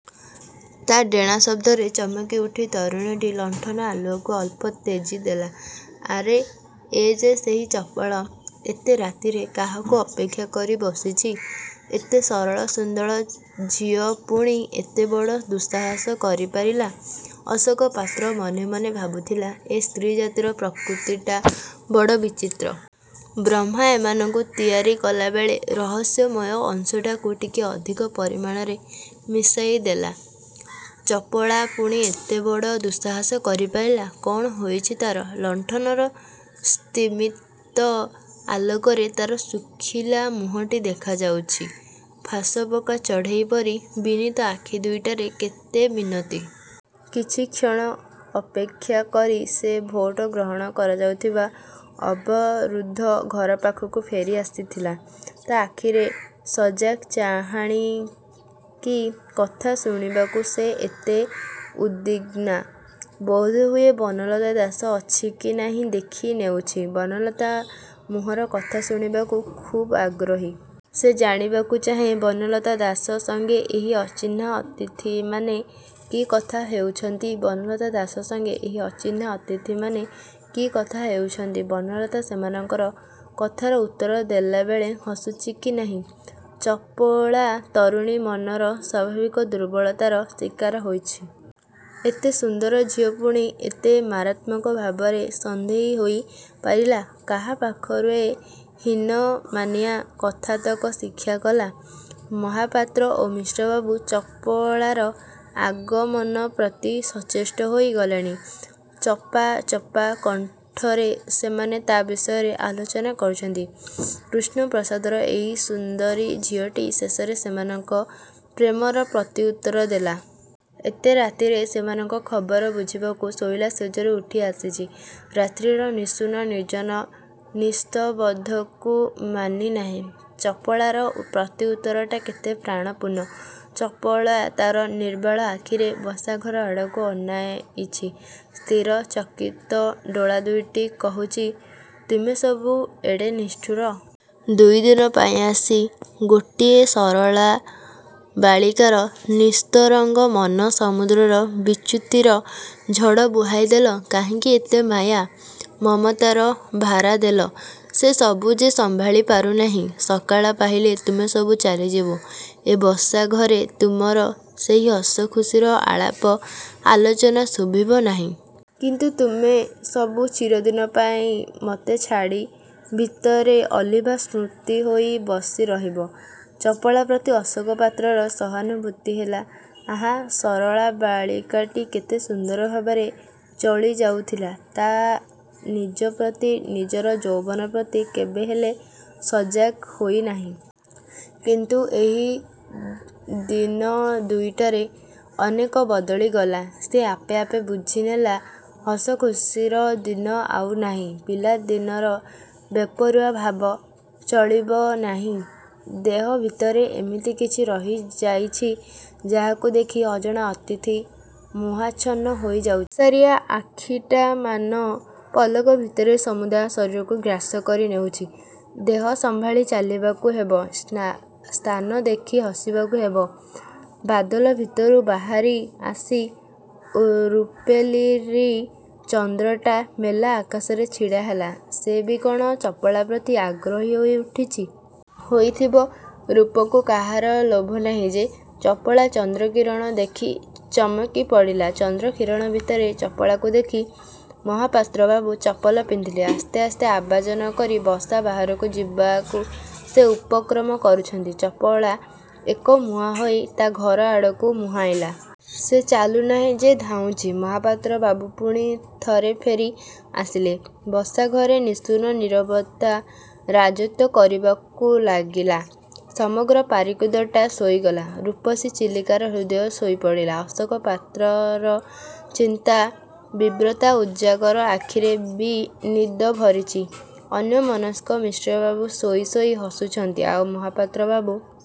ତା' ଡେଣା ଶବ୍ଦରେ ଚମକି ଉଠି ତରୁଣୀଟି ଲଣ୍ଠନ ଆଲୁଅକୁ ଅଳ୍ପ ତେଜି ଦେଲା। ଆରେ ଏଯେ ସେହି ଚପଳା! ଏତେ ରାତିରେ କାହାକୁ ଅପେକ୍ଷା କରି ବସିଛି? ଏତେ ସରଳ ସୁନ୍ଦର ଝିଅ ପୁଣି ଏତେବଡ଼ ଦୁଃସାହସ କରିପାରିଲା? ଅଶୋକ ପାତ୍ର ମନେ ମନେ ଭାବୁଥିଲା, ଏ ସ୍ତ୍ରୀ ଜାତିର ପ୍ରକୃତିଟା ବଡ଼ ବିଚିତ୍ର। ବ୍ରହ୍ମା ଏମାନଙ୍କୁ ତିଆରି କଲାବେଳେ ରହସ୍ୟମୟ ଅଂଶଟାକୁ ଟିକିଏ ଅଧିକ ପରିମାଣରେ ମିଶାଇ ଦେଲା। ଚପଳା ପୁଣି ଏତେ ବଡ଼ ଦୁଃସାହସ କରିପାରିଲା? କ'ଣ ହୋଇଛି ତା'ର? ଲଣ୍ଠନର ସ୍ତିମୀତ ଆଲୋକରେ ତା'ର ଶୁଖିଲା ମୁହଁଟି ଦେଖାଯାଉଛି। ଫାଶପକା ଚଢ଼େଇ ପରି ବିନୀତ ଆଖି ଦୁଇଟାରେ କେତେ ମିନତି! କିଛିକ୍ଷଣ। ଅପେକ୍ଷା କରି ସେ ଭୋଟ ଗ୍ରହଣ କରାଯାଉଥିବା ଅବରୁଦ୍ଧ ଘର ପାଖକୁ ଫେରି ଆସିଥିଲା। ତା' ଆଖିରେ ସଜାଗ ଚାହାଣୀ! କି କଥା ଶୁଣିବାକୁ ସେ ଏତେ ଉଦ୍ବିଗ୍ନା? ବୋଧହୁଏ ବନଲତା ଦାସ ଅଛି କି ନାହିଁ ଦେଖି ନେଉଛି। ବନଲତା ମୁହଁର କଥା ଶୁଣିବାକୁ ଖୁବ୍ଆଗ୍ରହୀ। ସେ ଜାଣିବାକୁ ଚାହେଁ, ବନଲତା ଦାସ ସଙ୍ଗେ ଏହି ଅଚିହ୍ନା ଅତିଥିମାନେ କି କଥା ହେଉଛନ୍ତି। ବନଲତା ଦାସ ସଙ୍ଗେ ଏହି ଅଚିହ୍ନା ଅତିଥିମାନେ କି କଥା ହେଉଛନ୍ତି। ବନଲତା ସେମାନଙ୍କ କଥାର ଉତ୍ତର ଦେଲାବେଳେ ହସୁଛି କି ନାହିଁ। 'ଚପଳା' ତରୁଣୀ ମନର ସ୍ୱାଭାବିକ ଦୁର୍ବଳତାର ଶିକାର ହୋଇଛି। ଏତେ ସୁନ୍ଦର ଝିଅ ପୁଣି ଏତେ ମାରାତ୍ମକ ଭାବରେ ସନ୍ଦେହୀ ହୋଇ ପାରିଲା? କାହାପାଖରୁ ଏ ହୀନମାନିଆ କଥାତକ ଶିକ୍ଷା କଲା? ମହାପାତ୍ର ଓ ମିଶ୍ରବାବୁ ଚପଳାର ଆଗମନପ୍ରତି ସଚେଷ୍ଟ ହୋଇ ଗଲେଣି। ଚପା, ଚପା କଣ୍ଠରେ ସେମାନେ ତା ବିଷୟରେ ଆଲୋଚନା କରୁଛନ୍ତି। କୃଷ୍ଣପ୍ରସାଦର ଏଇ ସୁନ୍ଦରୀ ଝିଅଟି ଶେଷରେ ସେମାନଙ୍କ ପ୍ରେମର ପ୍ରତିଉତ୍ତର ଦେଲା-। ଏତେ ରାତିରେ ସେମାନଙ୍କ ଖବର ବୁଝିବାକୁ ଶୋଇଲା ଶେଯରୁ ଉଠି ଆସିଛି-। ରାତ୍ରିର ନିଶୂନ, ନିର୍ଜନ ନିସ୍ତବ୍ଧକୁ ମାନି ନାହିଁ। ଚପଳାର ପ୍ରତିଉତ୍ତରଟା କେତେ ପ୍ରାଣପୂର୍ଣ୍ଣ। ଚପଳା ତା'ର ନିର୍ବାଳ ଆଖିରେ ବସାଘର ଆଡ଼କୁ ଅନାଇଛି। ସ୍ଥିର, ଚକିତ ଡୋଳା ଦୁଇଟି କହୁଛି, ତୁମେ ସବୁ ଏଡ଼େ ନିଷ୍ଠୁର? ଦୁଇଦିନ ପାଇଁ ଆସି ଗୋଟିଏ ସରଳା ବାଳିକାର ନିସ୍ତରଙ୍ଗ ମନ–ସମୁଦ୍ରର ବିଚ୍ୟୁତିର ଝଡ଼ ବୁହାଇ ଦେଲ। କାହିଁକି ଏତେ ମାୟା, ମମତାର ଭାରା ଦେଲ? ସେ ସବୁ ଯେ ସମ୍ଭାଳି ପାରୁ ନାହିଁ। ସକାଳ ପାହିଲେ ତୁମେ ସବୁ ଚାଲିଯିବ। ଏ ବସାଘରେ ତୁମର ସେହି ହସ ଖୁସିର ଆଳାପ ଆଲୋଚନା ଶୁଭିବ ନାହିଁ। କିନ୍ତୁ ତୁମେ ସବୁ ଚିରଦିନ ପାଇଁ ମତେ ଛାତି ଭିତରେ ଅଲିଭା ସ୍ମୃତି ହୋଇ ବସି ରହିବ। ଚପଳା ପ୍ରତି ଅଶୋକ ପାତ୍ରର ସହାନୁଭୂତି ହେଲା। ଆହା, ସରଳା ବାଳିକାଟି କେତେ ସୁନ୍ଦର ଭାବରେ ଚଳିଯାଉଥିଲା। ତା' ନିଜ ପ୍ରତି, ନିଜର ଯୌବନ ପ୍ରତି କେବେ ହେଲେ ସଜାଗ ହୋଇ ନାହିଁ। କିନ୍ତୁ ଏହି ଦିନ ଦୁଇଟାରେ ଅନେକ ବଦଳି ଗଲା। ସେ ଆପେ, ଆପେ ବୁଝିନେଲା, ହସଖୁସିର ଦିନ ଆଉ ନାହିଁ। ପିଲାଦିନର ବେପରୁଆ ଭାବ ଚଳିବ ନାହିଁ। ହେହ ଭିତରେ ଏମିତି କିଛି ରହି ଯାଇଛି, ଯାହାକୁ ଦେଖି ଅଜଣା ଅତିଥି ମୋହାଚ୍ଛନ୍ନ ହୋଇ ଯାଉଛି। ଓସାରିଆ ଆଖିଟାମାନ ପଲକ ଭିତରେ ସମୁଦାୟ ଶରୀରକୁ ଗ୍ରାସ କରି ନେଉଛି। ଦେହ ସମ୍ଭାଳି ଚାଲିବାକୁ ହେବ। ସ୍ଥାନ ଦେଖି ହସିବାକୁ ହେବ। ବାଦଲ ଭିତରୁ ବାହାରି ଆସି ରୂପେଲେରୀ ଚନ୍ଦ୍ରଟା ମେଲା ଆକାଶରେ ଛିଡ଼ା ହେଲା। ସେ ବି କଣ ଚପଳା ପ୍ରତି ଆଗ୍ରହୀ ହୋଇ ଉଠିଛି? ହୋଇଥିବ! ରୂପକୁ କାହାର ଲୋଭ ନାହିଁ ଯେ-? 'ଚପଳା' ଚନ୍ଦ୍ରକିରଣ ଦେଖି ଚମକି ପଡ଼ିଲା। ଚନ୍ଦ୍ରକିରଣ ଭିତରେ ଚପଳାକୁ ଦେଖି ମହାପାତ୍ରବାବୁ ଚପଲ ପିନ୍ଧିଲେ। ଆସ୍ତେ, ଆସ୍ତେ ଆବାଜ ନ କରି ବସା ବାହାରକୁ ଯିବାକୁ ସେ ଉପକ୍ରମ କରୁଛନ୍ତି। ଚପଳା ଏକମୁହାଁ ହୋଇ ତା' ଘର ଆଡ଼କୁ ମୁହାଁଇଲା। ସେ ଚାଲୁ ନାହିଁ ଯେ ଧାଉଁଛି। ମହାପାତ୍ର ବାବୁ ପୁଣି ଥରେ ଫେରି ଆସିଲେ। ବସାଘରେ ନିଶୂନ ନୀରବତା ରାଜତ୍ୱ କରିବାକୁ ଲାଗିଲା। ସମଗ୍ର ପାରିକୁଦଟା ଶୋଇଗଲା। ରୂପସୀ ଚିଲିକାର ହୃଦୟ ଶୋଇ ପଡ଼ିଲା। ଅଶୋକ ପାତ୍ରର ଚିନ୍ତା–ବିବ୍ରତ ଉଜାଗର ଆଖିରେ ବି ନିଦ ଭରିଛି। ଅନ୍ୟମନସ୍କ ମିଶ୍ରବାବୁ ଶୋଇ, ଶୋଇ ହସୁଛନ୍ତି। ଆଉ ମହାପାତ୍ର ବାବୁ?